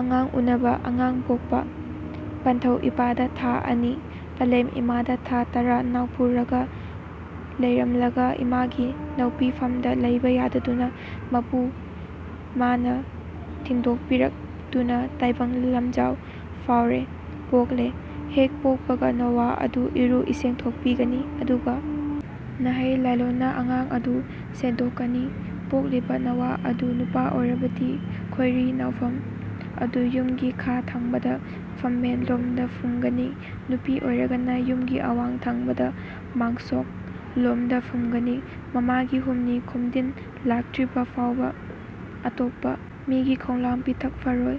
ꯑꯉꯥꯡ ꯎꯅꯕ ( ꯑꯉꯥꯡ ꯄꯣꯛꯄ) ꯄꯟꯊꯧ ꯏꯄꯥꯗ ꯊꯥ ꯑꯅꯤ, ꯄꯂꯦꯝ ꯏꯃꯥꯗ ꯊꯥ ꯇꯔꯥ ꯅꯧꯄꯨꯔꯒ ꯂꯩꯔꯝꯂꯒ ꯏꯃꯥꯒꯤ ꯅꯧꯄꯤꯐꯝꯗ ꯂꯩꯕ ꯌꯥꯗꯗꯨꯅ ꯃꯄꯨ ꯃꯥꯅ ꯊꯤꯟꯗꯣꯛꯄꯤꯔꯛꯇꯨꯅ ꯇꯥꯏꯕꯪ ꯂꯝꯖꯥꯎ ꯐꯥꯎꯔꯦ (ꯄꯣꯛꯂꯦ), ꯍꯦꯛ ꯄꯣꯛꯄꯒ ꯅꯣꯋꯥ ꯑꯗꯨ ꯏꯔꯨ ꯏꯁꯦꯡꯊꯣꯛꯄꯤꯒꯅꯤ ꯑꯗꯨꯒ ꯅꯥꯍꯩ ꯂꯥꯏꯂꯣꯟꯅ ꯑꯉꯥꯡ ꯑꯗꯨ ꯁꯦꯗꯣꯛꯀꯅꯤ꯫ ꯄꯣꯛꯂꯤꯕ ꯅꯧꯋꯥ ꯑꯗꯨꯅ ꯅꯨꯄꯥ ꯑꯣꯏꯔꯕꯗꯤ ꯈꯣꯏꯔꯤ ꯅꯧꯐꯝ ꯑꯗꯨ ꯌꯨꯝꯒꯤ ꯈꯥ ꯊꯪꯕꯗ ꯐꯝꯃꯦꯟ ꯂꯣꯝꯗ ꯐꯨꯝꯒꯅꯤ꯫ ꯅꯨꯄꯤ ꯑꯣꯏꯔꯒꯅ ꯌꯨꯝꯒꯤ ꯑꯋꯥꯡ ꯊꯪꯕꯗ ꯃꯥꯡꯁꯣꯛ ꯂꯣꯝꯗ ꯐꯨꯝꯒꯅꯤ꯫ ꯃꯃꯥꯒꯤ ꯍꯨꯝꯅꯤ ꯈꯣꯝꯗꯤꯟ ꯂꯥꯛꯇ꯭ꯔꯤꯕ ꯐꯥꯎꯕ ꯑꯇꯣꯞꯄ ꯃꯤꯒꯤ ꯈꯣꯝꯂꯥꯡ ꯄꯤꯊꯛꯐꯔꯣꯏ꯫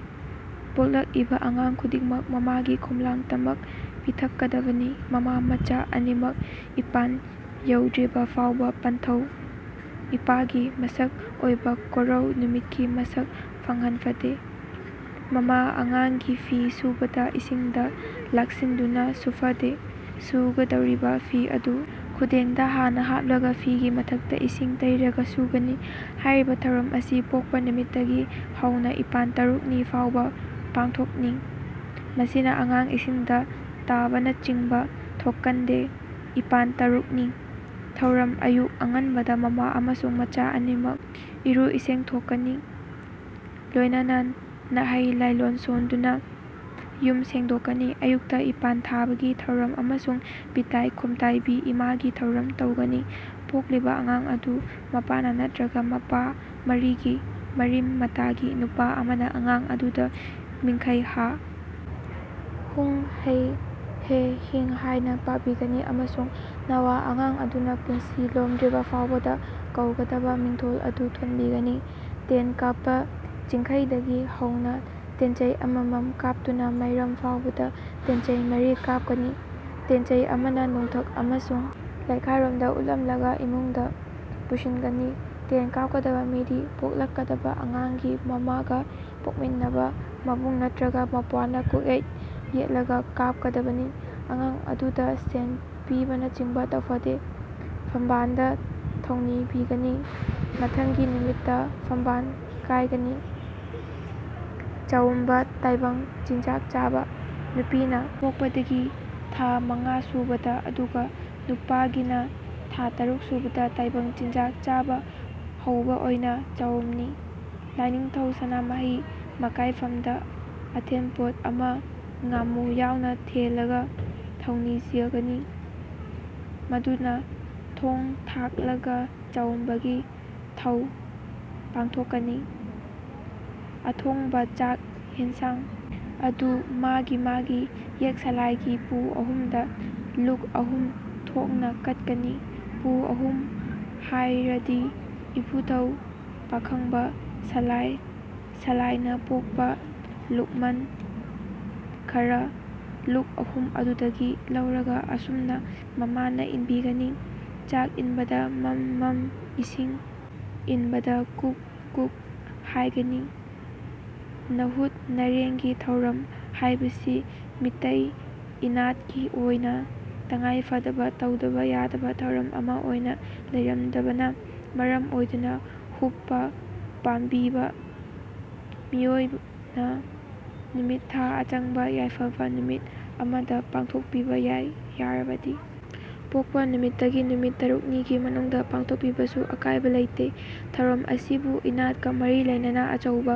ꯄꯣꯛꯂꯛꯏꯕ ꯑꯉꯥꯡ ꯈꯨꯗꯤꯡꯃꯛ ꯃꯃꯥꯒꯤ ꯈꯣꯝꯂꯥꯡꯇꯃꯛ ꯄꯤꯊꯛꯀꯗꯕꯅꯤ꯫ ꯃꯃꯥ, ꯃꯆꯥ ꯑꯅꯤꯃꯛ ꯏꯄꯥꯟ ꯌꯧꯗ꯭ꯔꯤꯕ ꯐꯥꯎꯕ ꯄꯟꯊꯧ ꯏꯄꯥꯒꯤ ꯃꯁꯛ ꯑꯣꯏꯕ ꯀꯣꯔꯧ ꯅꯨꯃꯤꯠꯀꯤ ꯃꯁꯛ ꯎꯍꯟꯐꯗꯦ꯫ ꯃꯃꯥ ꯑꯉꯥꯡꯒꯤ ꯐꯤ ꯁꯨꯕꯗ ꯏꯁꯤꯡꯗ ꯂꯥꯛꯁꯤꯟꯗꯨꯅ ꯁꯨꯐꯗꯦ꯫ ꯁꯨꯒꯗꯧꯔꯤꯕ ꯐꯤ ꯑꯗꯨ ꯈꯨꯗꯦꯡꯗ ꯍꯥꯟꯅ ꯍꯥꯞꯂꯒ ꯐꯤꯒꯤ ꯃꯊꯛꯇ ꯏꯁꯤꯡ ꯇꯩꯔꯒ ꯁꯨꯒꯅꯤ꯫ ꯍꯥꯏꯔꯤꯕ ꯊꯧꯔꯝ ꯑꯁꯤ ꯄꯣꯛꯄ ꯅꯨꯃꯤꯠꯇꯒꯤ ꯍꯧꯅ ꯏꯄꯥꯟ ꯇꯔꯨꯛꯅꯤ ꯐꯥꯎꯕ ꯄꯥꯡꯊꯣꯛꯅꯤ꯫ ꯃꯁꯤꯅ ꯑꯉꯥꯡ ꯏꯁꯤꯡꯗ ꯇꯥꯕꯅꯆꯤꯡꯕ ꯊꯣꯛꯀꯟꯗꯦ꯫ ꯏꯄꯥꯟ ( ꯇꯔꯨꯛꯅꯤ) ꯊꯧꯔꯝ ꯑꯌꯨꯛ ꯑꯉꯟꯕꯗ ꯃꯃꯥ ꯑꯃꯁꯨꯡ ꯃꯆꯥ ꯑꯅꯤꯃꯛ ꯏꯔꯨ ꯏꯁꯦꯡꯊꯣꯛꯀꯅꯤ ꯂꯣꯏꯅꯅ ꯅꯥꯍꯩ ꯂꯥꯏꯂꯣꯟ ꯁꯣꯟꯗꯨꯅ ꯌꯨꯝ ꯁꯦꯡꯗꯣꯛꯀꯅꯤ꯫ ꯑꯌꯨꯛꯇ ꯏꯄꯥꯟ ꯊꯥꯕꯒꯤ ꯊꯧꯔꯝ ꯑꯃꯁꯨꯡ ꯄꯤꯇꯥꯏ ꯈꯣꯝꯇꯥꯏꯕꯤ ꯏꯃꯥꯒꯤ ꯊꯧꯔꯝ ꯇꯧꯒꯅꯤ ꯄꯣꯛꯂꯤꯕ ꯑꯉꯥꯡ ꯑꯗꯨꯒꯤ ꯃꯄꯥꯅ ꯅꯠꯇ꯭ꯔꯒ ꯃꯄꯥ ꯃꯔꯤꯒꯤ (ꯃꯔꯤ ꯃꯇꯥꯒꯤ) ꯅꯨꯄꯥ ꯑꯃꯅ ꯑꯉꯥꯡ ꯑꯗꯨꯗ ꯃꯤꯡꯈꯩ ꯍꯥ, ꯍꯨꯡ, ꯍꯩ, ꯍꯦ, ꯍꯤꯡ ꯍꯥꯏꯅ ꯄꯥꯕꯤꯒꯅꯤ ꯑꯃꯁꯨꯡ ꯅꯧꯋꯥ ꯑꯉꯥꯡ ꯑꯗꯨꯅ ꯄꯨꯟꯁꯤ ꯂꯣꯝꯗ꯭ꯔꯤꯕ ꯐꯥꯎꯕꯗ ꯀꯧꯒꯗꯕ ꯃꯤꯡꯊꯣꯜ ꯑꯗꯨ ꯊꯣꯟꯕꯤꯒꯅꯤ꯫ ꯇꯦꯟ ꯀꯥꯞꯄ ꯆꯤꯡꯈꯩꯗꯒꯤ ꯍꯧꯅ ꯇꯦꯟꯆꯩ ꯑꯃꯃꯝ ꯀꯥꯞꯇꯨꯅ ꯃꯩꯔꯝ ꯐꯥꯎꯕꯗ ꯇꯦꯟꯆꯩ ꯃꯔꯤ ꯀꯥꯞꯀꯅꯤ꯫ ꯇꯦꯟꯆꯩ ꯑꯃꯅ ꯅꯣꯡꯊꯛ ꯑꯃꯁꯨꯡ ꯂꯩꯈꯥꯔꯣꯝꯗ ꯎꯠꯂꯝꯂꯒ ꯏꯃꯨꯡꯗ ꯄꯨꯁꯤꯟꯒꯅꯤ꯫ ꯇꯦꯟ ꯀꯥꯞꯀꯗꯕ ꯃꯤꯗꯤ ꯄꯣꯛꯂꯛꯀꯗꯕ ꯑꯉꯥꯡꯒꯤ ꯃꯃꯥꯒ ꯄꯣꯛꯃꯤꯟꯅꯕ ꯃꯕꯨꯡ ꯅꯠꯇ꯭ꯔꯒ ꯃꯧꯄ꯭ꯋꯥꯅ ꯀꯣꯛꯌꯦꯠ ꯌꯦꯠꯂꯒ ꯀꯥꯞꯀꯗꯕꯅꯤ꯫ ꯑꯉꯥꯡ ꯑꯗꯨꯗ ꯁꯦꯟ ꯄꯤꯕꯅꯆꯤꯡꯕ ꯇꯧꯐꯗꯦ, ꯐꯝꯕꯥꯟꯗ ꯊꯧꯅꯤꯕꯤꯒꯅꯤ꯫ ꯃꯊꯪꯒꯤ ꯅꯨꯃꯤꯠꯇ ꯐꯝꯕꯥꯟ ꯀꯥꯏꯒꯅꯤ꯫ ꯆꯥꯎꯝꯕ (ꯇꯥꯏꯕꯪ ꯆꯤꯟꯖꯥꯛ ꯆꯥꯕ), ꯅꯨꯄꯤꯅ ꯄꯣꯛꯄꯗꯒꯤ ꯊꯥ ꯃꯉꯥ ꯁꯨꯕꯗ ꯑꯗꯨꯒ ꯅꯨꯄꯥꯒꯤꯅ ꯊꯥ ꯇꯔꯨꯛ ꯁꯨꯕꯗ ꯇꯥꯏꯕꯪ ꯆꯤꯟꯖꯥꯛ ꯆꯥꯕ ꯍꯧꯕ ꯑꯣꯏꯅ ꯆꯥꯎꯝꯅꯤ꯫ ꯂꯥꯏꯅꯤꯡꯊꯧ ꯁꯅꯥꯃꯍꯤ ꯃꯀꯥꯏꯐꯝꯗ ꯑꯊꯦꯟꯄꯣꯠ ꯑꯃ ꯉꯥꯃꯨ ꯌꯥꯎꯅ ꯊꯦꯜꯂꯒ ꯊꯧꯅꯤꯖꯒꯅꯤ꯫ ꯃꯗꯨꯅ ꯊꯣꯡ ꯊꯥꯛꯂꯒ ꯆꯥꯎꯝꯕꯒꯤ ꯊꯧ ꯄꯥꯡꯊꯣꯛꯀꯅꯤ꯫ ꯑꯊꯣꯡꯕ ꯆꯥꯛ ꯌꯦꯟꯁꯥꯡ ꯑꯗꯨ ꯃꯥꯒꯤ ꯃꯥꯒꯤ ꯌꯦꯛ ꯁꯥꯂꯥꯏꯒꯤ ꯄꯨ ꯑꯍꯨꯝꯗ ꯂꯨꯛ ꯑꯍꯨꯝ ꯊꯣꯛꯅ ꯀꯠꯀꯅꯤ꯫ (ꯄꯨ ꯑꯍꯨꯝ ꯍꯥꯏꯔꯗꯤ ꯏꯄꯨꯊꯧ ꯄꯥꯈꯪꯕ, ꯁꯂꯥꯏ, ꯁꯂꯥꯏꯅꯥ ꯄꯣꯛꯄꯥ ꯂꯨꯛꯃꯟ ꯈꯔꯥ) ꯂꯨꯛ ꯑꯍꯨꯝ ꯑꯗꯨꯗꯒꯤ ꯂꯧꯔꯒ ꯑꯁꯨꯝꯅ ꯃꯃꯥꯅ ꯏꯟꯕꯤꯒꯅꯤ꯫ ꯆꯥꯛ ꯏꯟꯕꯗ ꯃꯝ ꯃꯝ, ꯏꯁꯤꯡ ꯏꯟꯕꯗ ꯀꯨꯛ ꯀꯨꯛ ꯍꯥꯏꯒꯅꯤ꯫ ꯅꯥꯍꯨꯠ ꯅꯥꯔꯦꯡꯒꯤ ꯊꯧꯔꯝ ꯍꯥꯏꯕꯁꯤ ꯃꯤꯇꯩ ꯏꯅꯥꯠꯀꯤ ꯑꯣꯏꯅ ꯇꯉꯥꯏ ꯐꯗꯕ ꯇꯧꯗꯕ ꯌꯥꯗꯕ ꯊꯧꯔꯝ ꯑꯃ ꯑꯣꯏꯅ ꯂꯩꯔꯝꯗꯕꯅ ꯃꯔꯝ ꯑꯣꯏꯗꯨꯅ ꯍꯨꯠꯄ ꯄꯥꯝꯕꯤꯕ ꯃꯤꯑꯣꯏꯅ ꯅꯨꯃꯤꯠ ꯊꯥ ꯑꯆꯪꯕ ꯌꯥꯏꯐꯕ ꯅꯨꯃꯤꯠ ꯑꯃꯗ ꯄꯥꯥꯡꯊꯣꯛꯄꯤꯕ ꯌꯥꯏ꯫ ꯌꯥꯔꯕꯗꯤ ꯄꯣꯛꯄ ꯅꯨꯃꯤꯠꯇꯒꯤ ꯅꯨꯃꯤꯠ ꯇꯔꯨꯛꯅꯤꯒꯤ ꯃꯅꯨꯡꯗ ꯄꯥꯡꯊꯣꯛꯄꯤꯕꯁꯨ ꯑꯀꯥꯏꯕ ꯂꯩꯇꯦ ꯊꯧꯔꯝ ꯑꯁꯤꯕꯨ ꯏꯅꯥꯠꯀ ꯃꯔꯤ ꯂꯩꯅꯕ ꯑꯆꯧꯕ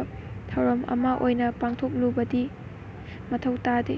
ꯊꯧꯔꯝ ꯑꯃ ꯑꯣꯏꯅ ꯄꯥꯡꯊꯣꯛꯂꯨꯕꯗꯤ ꯃꯊꯧ ꯇꯥꯗꯦ